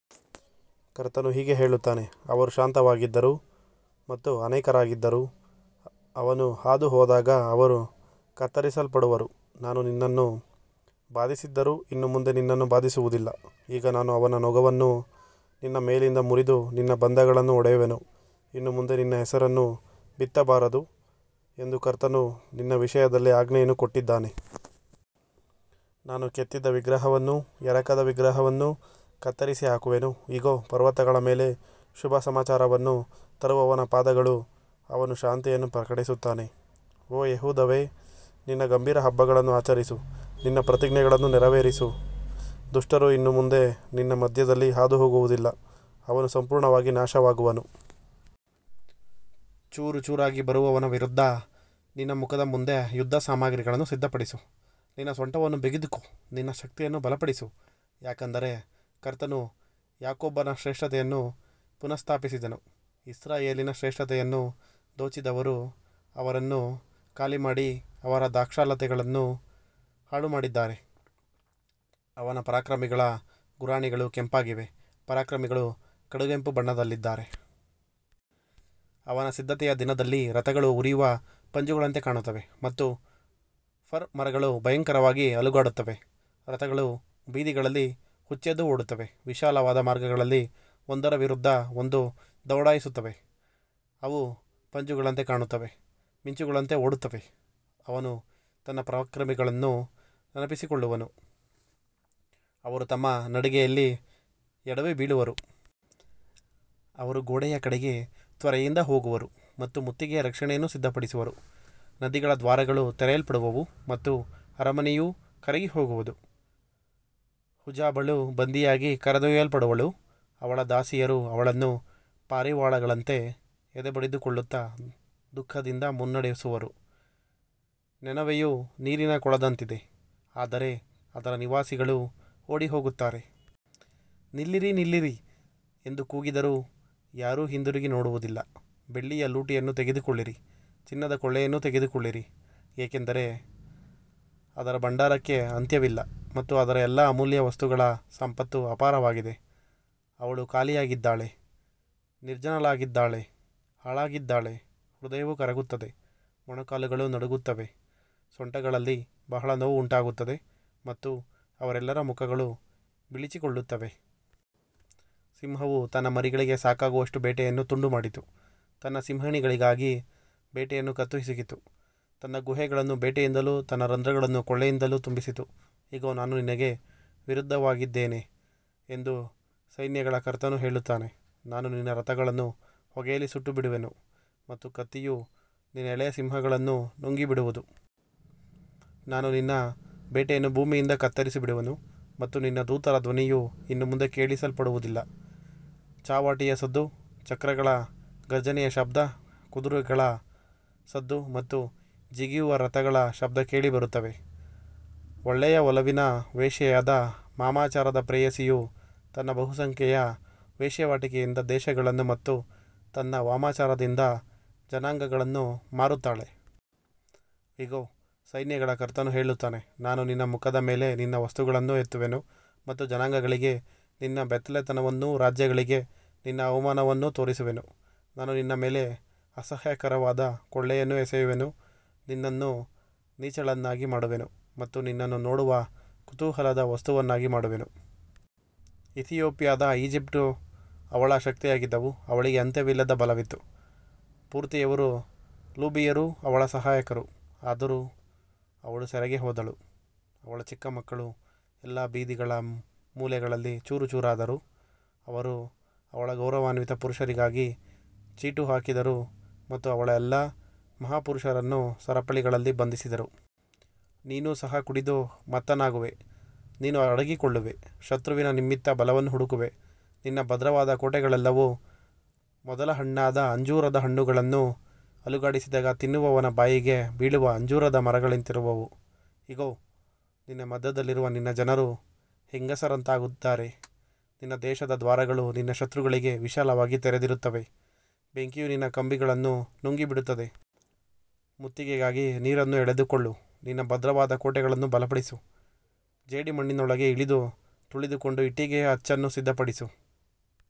ಕರ್ತನು ಹೀಗೆ ಹೇಳುತ್ತಾನೆ, ಅವರು ಶಾಂತವಾಗಿದ್ದರೂ ಮತ್ತು ಅನೇಕರಾಗಿದ್ದರೂ, ಅವನು ಹಾದುಹೋದಾಗ ಅವರು ಕತ್ತರಿಸಲ್ಪಡುವರು. ನಾನು ನಿನ್ನನ್ನು ಬಾಧಿಸಿದ್ದರೂ ಇನ್ನು ಮುಂದೆ ನಿನ್ನನ್ನು ಬಾಧಿಸುವುದಿಲ್ಲ. ಈಗ ನಾನು ಅವನ ನೊಗವನ್ನು ನಿನ್ನ ಮೇಲಿಂದ ಮುರಿದು ನಿನ್ನ ಬಂಧಗಳನ್ನು ಒಡೆಯುವೆನು. ಇನ್ನು ಮುಂದೆ ನಿನ್ನ ಹೆಸರನ್ನು ಬಿತ್ತಬಾರದು ಎಂದು ಕರ್ತನು ನಿನ್ನ ವಿಷಯದಲ್ಲಿ ಆಜ್ಞೆಯನ್ನು ಕೊಟ್ಟಿದ್ದಾನೆ. ನಾನು ಕೆತ್ತಿದ ವಿಗ್ರಹವನ್ನೂ ಎರಕದ ವಿಗ್ರಹವನ್ನೂ ಕತ್ತರಿಸಿಹಾಕುವೆನು. ಇಗೋ, ಪರ್ವತಗಳ ಮೇಲೆ ಶುಭ ಸಮಾಚಾರವನ್ನು ತರುವವನ ಪಾದಗಳು, ಅವನು ಶಾಂತಿಯನ್ನು ಪ್ರಕಟಿಸುತ್ತಾನೆ. ಓ ಯೆಹೂದವೇ, ನಿನ್ನ ಗಂಭೀರ ಹಬ್ಬಗಳನ್ನು ಆಚರಿಸು, ನಿನ್ನ ಪ್ರತಿಜ್ಞೆಗಳನ್ನು ನೆರವೇರಿಸು. ದುಷ್ಟರು ಇನ್ನು ಮುಂದೆ ನಿನ್ನ ಮಧ್ಯದಲ್ಲಿ ಹಾದುಹೋಗುವುದಿಲ್ಲ, ಅವನು ಸಂಪೂರ್ಣವಾಗಿ ನಾಶವಾಗುವನು. ಚೂರುಚೂರಾಗಿ ಬರುವವನ ವಿರುದ್ಧ ನಿನ್ನ ಮುಖದ ಮುಂದೆ ಯುದ್ಧಸಾಮಗ್ರಿಗಳನ್ನು ಸಿದ್ಧಪಡಿಸು, ನಿನ್ನ ಸೊಂಟವನ್ನು ಬಿಗಿದುಕೋ, ನಿನ್ನ ಶಕ್ತಿಯನ್ನು ಬಲಪಡಿಸು. ಯಾಕಂದರೆ ಕರ್ತನು ಯಾಕೋಬನ ಶ್ರೇಷ್ಠತೆಯನ್ನು ಪುನಃಸ್ಥಾಪಿಸಿದನು, ಇಸ್ರಾಯೇಲಿನ ಶ್ರೇಷ್ಠತೆಯನ್ನು ದೋಚಿದವರು ಅವರನ್ನು ಖಾಲಿಮಾಡಿ ಅವರ ದ್ರಾಕ್ಷಾಲತೆಗಳನ್ನು ಹಾಳುಮಾಡಿದ್ದಾರೆ. ಅವನ ಪರಾಕ್ರಮಿಗಳ ಗುರಾಣಿಗಳು ಕೆಂಪಾಗಿವೆ, ಪರಾಕ್ರಮಿಗಳು ಕಡುಗೆಂಪು ಬಣ್ಣದಲ್ಲಿದ್ದಾರೆ. ಅವನ ಸಿದ್ಧತೆಯ ದಿನದಲ್ಲಿ ರಥಗಳು ಉರಿಯುವ ಪಂಜುಗಳಂತೆ ಕಾಣುತ್ತವೆ ಮತ್ತು ಫರ್ ಮರಗಳು ಭಯಂಕರವಾಗಿ ಅಲುಗಾಡುತ್ತವೆ. ರಥಗಳು ಬೀದಿಗಳಲ್ಲಿ ಹುಚ್ಚೆದ್ದು ಓಡುತ್ತವೆ, ವಿಶಾಲವಾದ ಮಾರ್ಗಗಳಲ್ಲಿ ಒಂದರ ವಿರುದ್ಧ ಒಂದು ದೌಡಾಯಿಸುತ್ತವೆ. ಅವು ಪಂಜುಗಳಂತೆ ಕಾಣುತ್ತವೆ, ಮಿಂಚುಗಳಂತೆ ಓಡುತ್ತವೆ. ಅವನು ತನ್ನ ಪರಾಕ್ರಮಿಗಳನ್ನು ನೆನಪಿಸಿಕೊಳ್ಳುವನು, ಅವರು ತಮ್ಮ ನಡಿಗೆಯಲ್ಲಿ ಎಡವಿಬೀಳುವರು. ಅವರು ಗೋಡೆಯ ಕಡೆಗೆ ತ್ವರೆಯಿಂದ ಹೋಗುವರು ಮತ್ತು ಮುತ್ತಿಗೆಯ ರಕ್ಷಣೆಯನ್ನು ಸಿದ್ಧಪಡಿಸುವರು. ನದಿಗಳ ದ್ವಾರಗಳು ತೆರೆಯಲ್ಪಡುವವು ಮತ್ತು ಅರಮನೆಯು ಕರಗಿಹೋಗುವುದು. ಹುಝಾಬಳು ಬಂಧಿಯಾಗಿ ಕರೆದೊಯ್ಯಲ್ಪಡುವಳು, ಅವಳ ದಾಸಿಯರು ಅವಳನ್ನು ಪಾರಿವಾಳಗಳಂತೆ ಎದೆ ಬಡಿದುಕೊಳ್ಳುತ್ತಾ ದುಃಖದಿಂದ ಮುನ್ನಡೆಸುವರು. ನಿನೆವೆಯು ನೀರಿನ ಕೊಳದಂತಿದೆ, ಆದರೆ ಅದರ ನಿವಾಸಿಗಳು ಓಡಿಹೋಗುತ್ತಾರೆ. ನಿಲ್ಲಿರಿ, ನಿಲ್ಲಿರಿ ಎಂದು ಕೂಗಿದರೂ ಯಾರೂ ಹಿಂದಿರುಗಿ ನೋಡುವುದಿಲ್ಲ. ಬೆಳ್ಳಿಯ ಲೂಟಿಯನ್ನು ತೆಗೆದುಕೊಳ್ಳಿರಿ, ಚಿನ್ನದ ಕೊಳ್ಳೆಯನ್ನು ತೆಗೆದುಕೊಳ್ಳಿರಿ, ಏಕೆಂದರೆ ಅದರ ಭಂಡಾರಕ್ಕೆ ಅಂತ್ಯವಿಲ್ಲ ಮತ್ತು ಅದರ ಎಲ್ಲಾ ಅಮೂಲ್ಯ ವಸ್ತುಗಳ ಸಂಪತ್ತು ಅಪಾರವಾಗಿದೆ. ಅವಳು ಖಾಲಿಯಾಗಿದ್ದಾಳೆ, ನಿರ್ಜನಳಾಗಿದ್ದಾಳೆ, ಹಾಳಾಗಿದ್ದಾಳೆ. ಹೃದಯವು ಕರಗುತ್ತದೆ, ಮೊಣಕಾಲುಗಳು ನಡುಗುತ್ತವೆ, ಸೊಂಟಗಳಲ್ಲಿ ಬಹಳ ನೋವು ಉಂಟಾಗುತ್ತದೆ ಮತ್ತು ಅವರೆಲ್ಲರ ಮುಖಗಳು ಬಿಳಿಚಿಕೊಳ್ಳುತ್ತವೆ. ಸಿಂಹವು ತನ್ನ ಮರಿಗಳಿಗೆ ಸಾಕಾಗುವಷ್ಟು ಬೇಟೆಯನ್ನು ತುಂಡುಮಾಡಿತು, ತನ್ನ ಸಿಂಹಿಣಿಗಳಿಗಾಗಿ ಬೇಟೆಯನ್ನು ಕತ್ತು ಹಿಸುಕಿತು, ತನ್ನ ಗುಹೆಗಳನ್ನು ಬೇಟೆಯಿಂದಲೂ ತನ್ನ ರಂಧ್ರಗಳನ್ನು ಕೊಳ್ಳೆಯಿಂದಲೂ ತುಂಬಿಸಿತು. ಇಗೋ, ನಾನು ನಿನಗೆ ವಿರುದ್ಧವಾಗಿದ್ದೇನೆ ಎಂದು ಸೈನ್ಯಗಳ ಕರ್ತನು ಹೇಳುತ್ತಾನೆ. ನಾನು ನಿನ್ನ ರಥಗಳನ್ನು ಹೊಗೆಯಲ್ಲಿ ಸುಟ್ಟುಬಿಡುವೆನು ಮತ್ತು ಕತ್ತಿಯು ನಿನ್ನ ಎಳೆಯ ಸಿಂಹಗಳನ್ನು ನುಂಗಿಬಿಡುವುದು. ನಾನು ನಿನ್ನ ಬೇಟೆಯನ್ನು ಭೂಮಿಯಿಂದ ಕತ್ತರಿಸಿಬಿಡುವೆನು ಮತ್ತು ನಿನ್ನ ದೂತರ ಧ್ವನಿಯು ಇನ್ನು ಮುಂದೆ ಕೇಳಿಸಲ್ಪಡುವುದಿಲ್ಲ. ಚಾವಟಿಯ ಸದ್ದು, ಚಕ್ರಗಳ ಘರ್ಜನೆಯ ಶಬ್ದ, ಕುದುರೆಗಳ ಸದ್ದು ಮತ್ತು ಜಿಗಿಯುವ ರಥಗಳ ಶಬ್ದ ಕೇಳಿಬರುತ್ತವೆ. ಒಳ್ಳೆಯ ಒಲವಿನ ವೇಶ್ಯೆಯಾದ ವಾಮಾಚಾರದ ಪ್ರೇಯಸಿಯು ತನ್ನ ಬಹುಸಂಖ್ಯೆಯ ವೇಶ್ಯಾವಾಟಿಕೆಯಿಂದ ದೇಶಗಳನ್ನು ಮತ್ತು ತನ್ನ ವಾಮಾಚಾರದಿಂದ ಜನಾಂಗಗಳನ್ನು ಮಾರುತ್ತಾಳೆ. ಇಗೋ, ಸೈನ್ಯಗಳ ಕರ್ತನು ಹೇಳುತ್ತಾನೆ, ನಾನು ನಿನ್ನ ಮುಖದ ಮೇಲೆ ನಿನ್ನ ವಸ್ತ್ರಗಳನ್ನು ಎತ್ತುವೆನು ಮತ್ತು ಜನಾಂಗಗಳಿಗೆ ನಿನ್ನ ಬೆತ್ತಲೆತನವನ್ನೂ ರಾಜ್ಯಗಳಿಗೆ ನಿನ್ನ ಅವಮಾನವನ್ನೂ ತೋರಿಸುವೆನು. ನಾನು ನಿನ್ನ ಮೇಲೆ ಅಸಹ್ಯಕರವಾದ ಕೊಳೆಯನ್ನು ಎಸೆಯುವೆನು, ನಿನ್ನನ್ನು ನೀಚಳನ್ನಾಗಿ ಮಾಡುವೆನು ಮತ್ತು ನಿನ್ನನ್ನು ನೋಡುವ ಕುತೂಹಲದ ವಸ್ತುವನ್ನಾಗಿ ಮಾಡುವೆನು. ಇಥಿಯೋಪ್ಯವೂ ಈಜಿಪ್ಟೂ ಅವಳ ಶಕ್ತಿಯಾಗಿದ್ದವು, ಅವಳಿಗೆ ಅಂತ್ಯವಿಲ್ಲದ ಬಲವಿತ್ತು. ಪೂರ್ತಿಯವರೂ ಲೂಬಿಯರೂ ಅವಳ ಸಹಾಯಕರು. ಆದರೂ ಅವಳು ಸೆರೆಗೆ ಹೋದಳು, ಅವಳ ಚಿಕ್ಕ ಮಕ್ಕಳು ಎಲ್ಲಾ ಬೀದಿಗಳ ಮೂಲೆಗಳಲ್ಲಿ ಚೂರುಚೂರಾದರು. ಅವರು ಅವಳ ಗೌರವಾನ್ವಿತ ಪುರುಷರಿಗಾಗಿ ಚೀಟು ಹಾಕಿದರು ಮತ್ತು ಅವಳ ಎಲ್ಲಾ ಮಹಾಪುರುಷರನ್ನು ಸರಪಳಿಗಳಲ್ಲಿ ಬಂಧಿಸಿದರು. ನೀನೂ ಸಹ ಕುಡಿದು ಮತ್ತನಾಗುವೆ, ನೀನು ಅಡಗಿಕೊಳ್ಳುವೆ, ಶತ್ರುವಿನ ನಿಮಿತ್ತ ಬಲವನ್ನು ಹುಡುಕುವೆ. ನಿನ್ನ ಭದ್ರವಾದ ಕೋಟೆಗಳೆಲ್ಲವೂ ಮೊದಲ ಹಣ್ಣಾದ ಅಂಜೂರದ ಹಣ್ಣುಗಳನ್ನು ಅಲುಗಾಡಿಸಿದಾಗ ತಿನ್ನುವವನ ಬಾಯಿಗೆ ಬೀಳುವ ಅಂಜೂರದ ಮರಗಳಂತಿರುವವು. ಇಗೋ, ನಿನ್ನ ಮಧ್ಯದಲ್ಲಿರುವ ನಿನ್ನ ಜನರು ಹೆಂಗಸರಂತಾಗಿದ್ದಾರೆ. ನಿನ್ನ ದೇಶದ ದ್ವಾರಗಳು ನಿನ್ನ ಶತ್ರುಗಳಿಗೆ ವಿಶಾಲವಾಗಿ ತೆರೆದಿರುತ್ತವೆ, ಬೆಂಕಿಯು ನಿನ್ನ ಕಂಬಿಗಳನ್ನು ನುಂಗಿಬಿಡುತ್ತದೆ. ಮುತ್ತಿಗೆಗಾಗಿ ನೀರನ್ನು ಎಳೆದುಕೊಳ್ಳು, ನಿನ್ನ ಭದ್ರವಾದ ಕೋಟೆಗಳನ್ನು ಬಲಪಡಿಸು. ಜೇಡಿಮಣ್ಣಿನೊಳಗೆ ಇಳಿದು ತುಳಿದುಕೊಂಡು ಇಟ್ಟಿಗೆಯ ಅಚ್ಚನ್ನು ಸಿದ್ಧಪಡಿಸು.